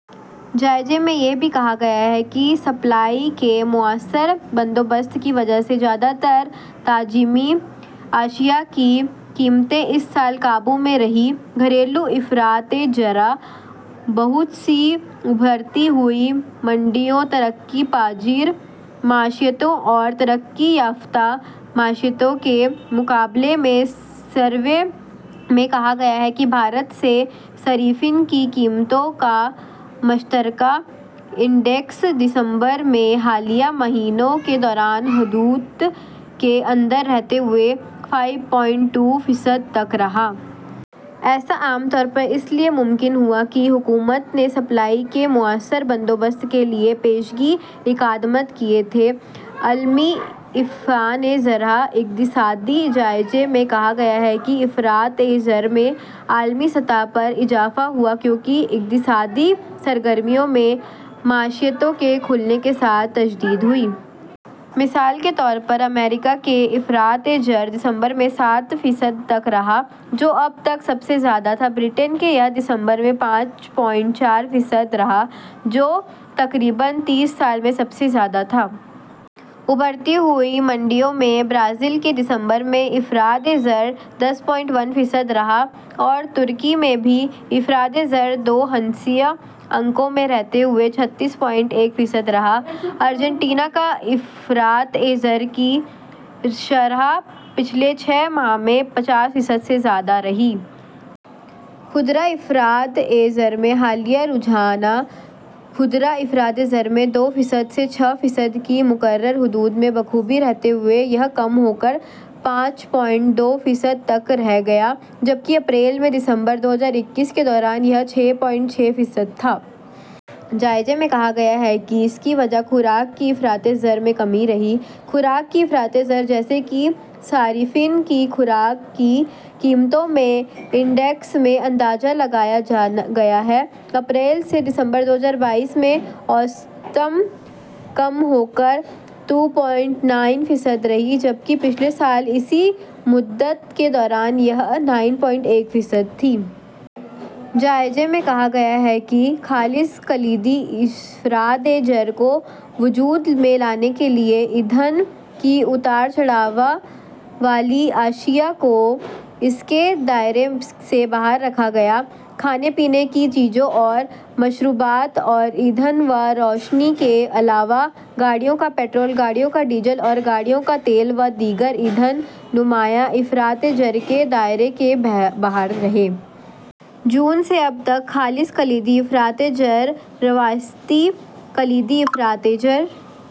جائزے میں یہ بھی کہا گیا ہے کہ سپلائی کے مؤثر بندوبست کی وجہ سے زیادہ تر لازمی اشیا کی قیمتیں اس سال قابو میں رہیں۔ گھریلو افراط زر: بہت سی ابھرتی ہوئی منڈیوں، ترقی پذیر معیشتوں اور جدید معیشتوں کے مقابلے میں سروے میں کہا گیا ہے کہ بھارت میں صارفین کی قیمتوں کا مشترکہ انڈیکس دسمبر میں حالیہ مہینوں میں حدود کے اندر رہتے ہوئے پانچ اعشاریہ دو فیصد تک رہا۔ ایسا عام طور پر اس لیے ممکن ہوا کہ حکومت نے سپلائی کے مؤثر بندوبست کے لیے پیشگی اقدامات کیے تھے۔ عالمی افراط زر: اقتصادی جائزے میں کہا گیا ہے کہ افراط زر میں عالمی سطح پر اضافہ ہوا، کیونکہ اقتصادی سرگرمیوں میں معیشتوں کے کھلنے کے ساتھ تجدید ہوئی۔ مثال کے طور پر امریکہ میں افراط زر دسمبر میں سات فیصد تک رہا، جو اب تک سب سے زیادہ تھا۔ برطانیہ میں یہ دسمبر میں پانچ اعشاریہ چار فیصد رہا، جو تقریباً تیس سال میں سب سے زیادہ تھا۔ ابھرتی ہوئی منڈیوں میں برازیل میں دسمبر میں افراط زر دس اعشاریہ ایک فیصد رہا اور ترکی میں بھی افراط زر دو ہندسوں میں رہتے ہوئے چھتیس اعشاریہ ایک فیصد رہا۔ ارجنٹینا میں افراط زر کی شرح پچھلے چھ مہینے میں پچاس فیصد سے زیادہ رہی۔ خردہ افراط زر میں حالیہ رجحانات: خردہ افراط زر میں دو فیصد سے چھ فیصد کی مقررہ حدود میں بخوبی رہتے ہوئے یہ کم ہو کر پانچ اعشاریہ دو فیصد تک رہ گیا، جبکہ اپریل سے دسمبر دو ہزار اکیس کے دوران یہ چھ اعشاریہ چھ فیصد تھا۔ جائزے میں کہا گیا ہے کہ اس کی وجہ خوراک کی افراط زر میں کمی رہی۔ خوراک کی افراط زر، جیسا کہ صارفین کے خوراک کی قیمتوں کے انڈیکس میں اندازہ لگایا گیا ہے، اپریل سے دسمبر دو ہزار بائیس میں دو اعشاریہ نو فیصد تک اوسطاً کم رہا، جبکہ پچھلے سال اسی مدت کے دوران یہ نو اعشاریہ ایک فیصد تھا۔ جائزے میں کہا گیا ہے کہ خالص کلیدی افراط زر وجود میں آنے کے سبب ایندھن کی اتار چڑھاؤ والی چیزیں اس کے دائرے سے باہر رہی ہیں۔ کھانے پینے کی چیزوں اور مشروبات اور ایندھن و روشنی کے علاوہ گاڑیوں کے پٹرول، گاڑیوں کے ڈیزل اور گاڑیوں کے تیل و دیگر ایندھن نمایاں افراط زر کے دائرے سے باہر رہے ہیں۔ جون سے اب تک خالص کلیدی افراط زر، روایتی کلیدی افراط...